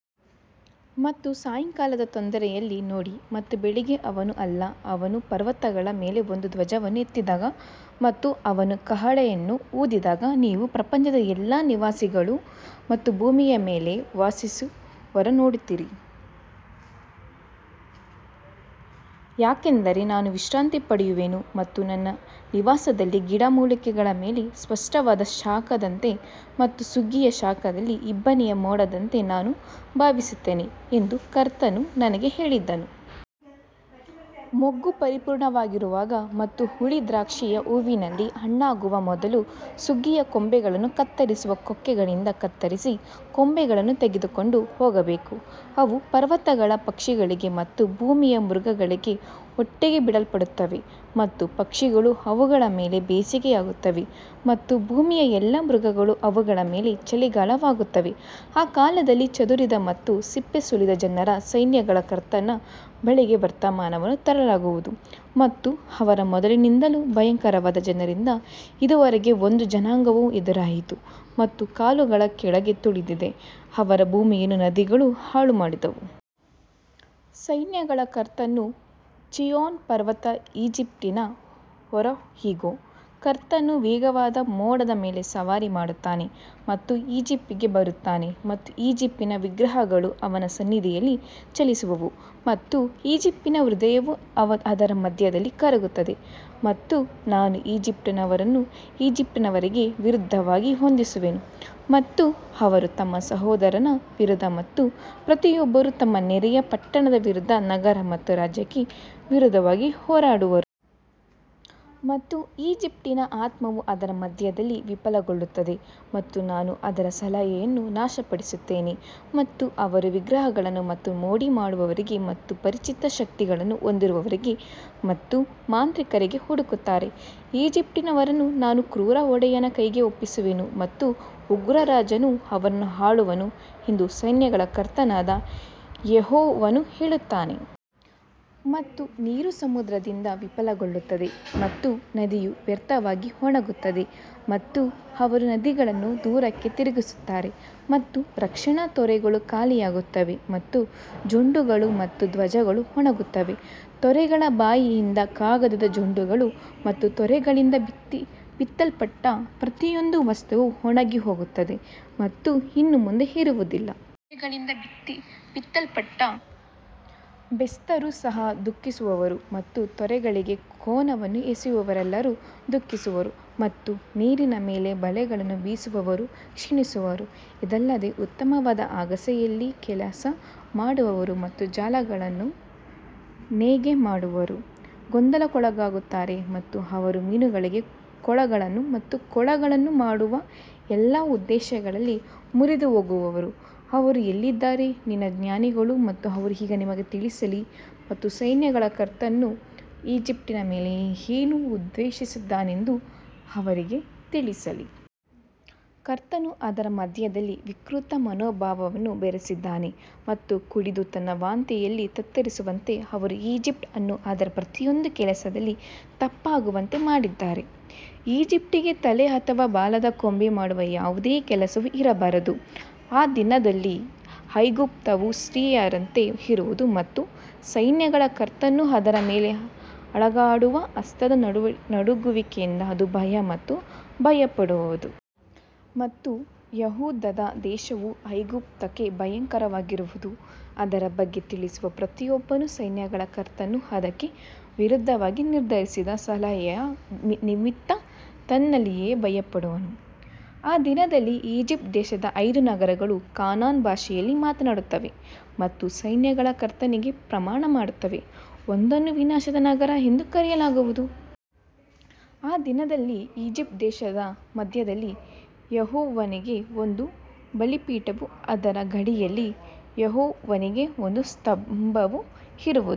ಮತ್ತು ಸಾಯಂಕಾಲದ ತೊಂದರೆಯಲ್ಲಿ ನೋಡಿ ಮತ್ತು ಬೆಳಿಗ್ಗೆ ಅವನು ಅಲ್ಲ ಅವನು ಪರ್ವತಗಳ ಮೇಲೆ ಒಂದು ಧ್ವಜವನ್ನು ಎತ್ತಿದಾಗ ಮತ್ತು ಅವನು ಕಹಳೆಯನ್ನು ಊದಿದಾಗ ನೀವು ಪ್ರಪಂಚದ ಎಲ್ಲಾ ನಿವಾಸಿಗಳು ಮತ್ತು ಭೂಮಿಯ ಮೇಲೆ ವಾಸಿಸುವವರನ್ನು ನೋಡುತ್ತೀರಿ. ಯಾಕಂದರೆ ನಾನು ವಿಶ್ರಾಂತಿ ಪಡೆಯುವೆನು ಮತ್ತು ನನ್ನ ನಿವಾಸದಲ್ಲಿ ಗಿಡಮೂಲಿಕೆಗಳ ಮೇಲೆ ಸ್ಪಷ್ಟವಾದ ಶಾಖದಂತೆ ಮತ್ತು ಸುಗ್ಗಿಯ ಶಾಖದಲ್ಲಿ ಇಬ್ಬನಿಯ ಮೋಡದಂತೆ ನಾನು ಭಾವಿಸುತ್ತೇನೆ ಎಂದು ಕರ್ತನು ನನಗೆ ಹೇಳಿದನು. ಮೊಗ್ಗು ಪರಿಪೂರ್ಣವಾಗಿರುವಾಗ ಮತ್ತು ಹುಳಿ ದ್ರಾಕ್ಷಿಯು ಹೂವಿನಲ್ಲಿ ಹಣ್ಣಾಗುವ ಮೊದಲು ಸುಗ್ಗಿಯ ಕೊಂಬೆಗಳನ್ನು ಕತ್ತರಿಸುವ ಕೊಕ್ಕೆಗಳಿಂದ ಕತ್ತರಿಸಿ ಕೊಂಬೆಗಳನ್ನು ತೆಗೆದುಕೊಂಡು ಹೋಗಬೇಕು. ಅವು ಪರ್ವತಗಳ ಪಕ್ಷಿಗಳಿಗೆ ಮತ್ತು ಭೂಮಿಯ ಮೃಗಗಳಿಗೆ ಒಟ್ಟಿಗೆ ಬಿಡಲ್ಪಡುತ್ತವೆ ಮತ್ತು ಪಕ್ಷಿಗಳು ಅವುಗಳ ಮೇಲೆ ಬೇಸಿಗೆಯಾಗುತ್ತವೆ ಮತ್ತು ಭೂಮಿಯ ಎಲ್ಲಾ ಮೃಗಗಳು ಅವುಗಳ ಮೇಲೆ ಚಳಿಗಾಲವಾಗುತ್ತವೆ ಆ ಕಾಲದಲ್ಲಿ ಚದುರಿದ ಮತ್ತು ಸಿಪ್ಪೆ ಸುಲಿದ ಜನರ ಸೈನ್ಯಗಳ ಕರ್ತನ ಬಳಿಗೆ ವರ್ತಮಾನವನ್ನು ತರಲಾಗುವುದು ಮತ್ತು ಅವರ ಮೊದಲಿನಿಂದಲೂ ಭಯಂಕರವಾದ ಜನರಿಂದ ಇದುವರೆಗೆ ಒಂದು ಜನಾಂಗವು ಎದುರಾಯಿತು ಮತ್ತು ಕಾಲುಗಳ ಕೆಳಗೆ ತುಳಿದಿದೆ ಅವರ ಭೂಮಿಯನ್ನು ನದಿಗಳು ಹಾಳುಮಾಡಿದವು. ಸೈನ್ಯಗಳ ಕರ್ತನು ಚೀಯೋನ್ ಪರ್ವತ ಈಜಿಪ್ಟಿನ ಹೊರೆ ಇಗೋ, ಕರ್ತನು ವೇಗವಾದ ಮೋಡದ ಮೇಲೆ ಸವಾರಿ ಮಾಡುತ್ತಾನೆ ಮತ್ತು ಈಜಿಪ್ಟಿಗೆ ಬರುತ್ತಾನೆ ಮತ್ತು ಈಜಿಪ್ಟಿನ ವಿಗ್ರಹಗಳು ಅವನ ಸನ್ನಿಧಿಯಲ್ಲಿ ಚಲಿಸುವವು ಮತ್ತು ಈಜಿಪ್ಟಿನ ಹೃದಯವು ಅದರ ಮಧ್ಯದಲ್ಲಿ ಕರಗುತ್ತದೆ ಮತ್ತು ನಾನು ಈಜಿಪ್ಟಿನವರನ್ನು ಈಜಿಪ್ಟಿನವರಿಗೆ ವಿರುದ್ಧವಾಗಿ ಹೊಂದಿಸುವೆನು ಮತ್ತು ಅವರು ತಮ್ಮ ಸಹೋದರನ ವಿರುದ್ಧ ಮತ್ತು ಪ್ರತಿಯೊಬ್ಬರೂ ತಮ್ಮ ನೆರೆಯ ಪಟ್ಟಣದ ವಿರುದ್ಧ ನಗರ ಮತ್ತು ರಾಜ್ಯಕ್ಕೆ ವಿರುದ್ಧವಾಗಿ ಹೋರಾಡುವರು. ಮತ್ತು ಈಜಿಪ್ಟಿನ ಆತ್ಮವು ಅದರ ಮಧ್ಯದಲ್ಲಿ ವಿಫಲಗೊಳ್ಳುತ್ತದೆ ಮತ್ತು ನಾನು ಅದರ ಸಲಹೆಯನ್ನು ನಾಶಪಡಿಸುತ್ತೇನೆ ಮತ್ತು ಅವರು ವಿಗ್ರಹಗಳನ್ನು ಮತ್ತು ಮೋಡಿ ಮಾಡುವವರಿಗೆ ಮತ್ತು ಪರಿಚಿತ ಶಕ್ತಿಗಳನ್ನು ಹೊಂದಿರುವವರಿಗೆ ಮತ್ತು ಮಾಂತ್ರಿಕರಿಗೆ ಹುಡುಕುತ್ತಾರೆ. ಈಜಿಪ್ಟಿನವರನ್ನು ನಾನು ಕ್ರೂರ ಒಡೆಯನ ಕೈಗೆ ಒಪ್ಪಿಸುವೆನು ಮತ್ತು ಉಗ್ರ ರಾಜನು ಅವರನ್ನು ಆಳುವನು ಎಂದು ಸೈನ್ಯಗಳ ಕರ್ತನಾದ ಯೆಹೋವನು ಹೇಳುತ್ತಾನೆ. ಮತ್ತು ನೀರು ಸಮುದ್ರದಿಂದ ವಿಫಲಗೊಳ್ಳುತ್ತದೆ ಮತ್ತು ನದಿಯು ವ್ಯರ್ಥವಾಗಿ ಒಣಗುತ್ತದೆ ಮತ್ತು ಅವರು ನದಿಗಳನ್ನು ದೂರಕ್ಕೆ ತಿರುಗಿಸುತ್ತಾರೆ ಮತ್ತು ರಕ್ಷಣಾ ತೊರೆಗಳು ಖಾಲಿಯಾಗುತ್ತವೆ ಮತ್ತು ಜೊಂಡುಗಳು ಮತ್ತು ಧ್ವಜಗಳು ಒಣಗುತ್ತವೆ ತೊರೆಗಳ ಬಾಯಿಯಿಂದ ಕಾಗದದ ಜೊಂಡುಗಳು ಮತ್ತು ತೊರೆಗಳಿಂದ ಬಿತ್ತಲ್ಪಟ್ಟ ಪ್ರತಿಯೊಂದು ವಸ್ತುವು ಒಣಗಿಹೋಗುತ್ತದೆ ಮತ್ತು ಇನ್ನು ಮುಂದೆ ಇರುವುದಿಲ್ಲ. ಬೆಸ್ತರು ಸಹ ದುಃಖಿಸುವರು ಮತ್ತು ತೊರೆಗಳಿಗೆ ಕೋನವನ್ನು ಎಸೆಯುವವರೆಲ್ಲರೂ ದುಃಖಿಸುವರು ಮತ್ತು ನೀರಿನ ಮೇಲೆ ಬಲೆಗಳನ್ನು ಬೀಸುವವರು ಕ್ಷೀಣಿಸುವರು. ಇದಲ್ಲದೆ ಉತ್ತಮವಾದ ಅಗಸೆಯಲ್ಲಿ ಕೆಲಸ ಮಾಡುವವರು ಮತ್ತು ಜಾಲಗಳನ್ನು ನೇಯ್ಗೆ ಮಾಡುವವರು ಗೊಂದಲಕ್ಕೊಳಗಾಗುತ್ತಾರೆ ಮತ್ತು ಅವರು ಮೀನುಗಳಿಗೆ ಕೊಳಗಳನ್ನು ಮತ್ತು ಕೊಳಗಳನ್ನು ಮಾಡುವ ಎಲ್ಲಾ ಉದ್ದೇಶಗಳಲ್ಲಿ ಮುರಿದುಹೋಗುವರು ಅವರು ಎಲ್ಲಿದ್ದಾರೆ ನಿನ್ನ ಜ್ಞಾನಿಗಳು ಮತ್ತು ಅವರು ಈಗ ನಿಮಗೆ ತಿಳಿಸಲಿ ಮತ್ತು ಸೈನ್ಯಗಳ ಕರ್ತನು ಈಜಿಪ್ಟಿನ ಮೇಲೆ ಏನು ಉದ್ದೇಶಿಸಿದ್ದಾನೆಂದು ಅವರಿಗೆ ತಿಳಿಸಲಿ. ಕರ್ತನು ಅದರ ಮಧ್ಯದಲ್ಲಿ ವಿಕೃತ ಮನೋಭಾವವನ್ನು ಬೆರೆಸಿದ್ದಾನೆ ಮತ್ತು ಕುಡಿದು ತನ್ನ ವಾಂತಿಯಲ್ಲಿ ತತ್ತರಿಸುವಂತೆ ಅವರು ಈಜಿಪ್ಟ್ ಅನ್ನು ಅದರ ಪ್ರತಿಯೊಂದು ಕೆಲಸದಲ್ಲಿ ತಪ್ಪಾಗುವಂತೆ ಮಾಡಿದ್ದಾರೆ. ಈಜಿಪ್ಟಿಗೆ ತಲೆ ಅಥವಾ ಬಾಲದ ಕೊಂಬೆ ಮಾಡುವ ಯಾವುದೇ ಕೆಲಸವೂ ಇರಬಾರದು ಆ ದಿನದಲ್ಲಿ ಐಗುಪ್ತವು ಸ್ತ್ರೀಯರಂತೆ ಇರುವದು ಮತ್ತು ಸೈನ್ಯಗಳ ಕರ್ತನು ಅದರ ಮೇಲೆ ಅಲುಗಾಡುವ ಹಸ್ತದ ನಡುಗುವಿಕೆಯಿಂದ ಅದು ಭಯ ಮತ್ತು ಭಯಪಡುವದು. ಮತ್ತು ಯೆಹೂದದ ದೇಶವು ಐಗುಪ್ತಕ್ಕೆ ಭಯಂಕರವಾಗಿರುವದು, ಅದರ ಬಗ್ಗೆ ತಿಳಿಸುವ ಪ್ರತಿಯೊಬ್ಬನು ಸೈನ್ಯಗಳ ಕರ್ತನು ಅದಕ್ಕೆ ವಿರುದ್ಧವಾಗಿ ನಿರ್ಧರಿಸಿದ ಸಲಹೆಯ ನಿಮಿತ್ತ ತನ್ನಲ್ಲಿಯೇ ಭಯಪಡುವನು. ಆ ದಿನದಲ್ಲಿ ಈಜಿಪ್ಟ್ ದೇಶದ ಐದು ನಗರಗಳು ಕಾನಾನ್ ಭಾಷೆಯಲ್ಲಿ ಮಾತನಾಡುತ್ತವೆ ಮತ್ತು ಸೈನ್ಯಗಳ ಕರ್ತನಿಗೆ ಪ್ರಮಾಣ ಮಾಡುತ್ತವೆ, ಒಂದನ್ನು ವಿನಾಶದ ನಗರ ಎಂದು ಕರೆಯಲಾಗುವುದು. ಆ ದಿನದಲ್ಲಿ ಈಜಿಪ್ಟ್ ದೇಶದ ಮಧ್ಯದಲ್ಲಿ ಯೆಹೋವನಿಗೆ ಒಂದು ಬಲಿಪೀಠವೂ ಅದರ ಗಡಿಯಲ್ಲಿ ಯೆಹೋವನಿಗೆ ಒಂದು ಸ್ತಂಭವೂ ಇರುವವು.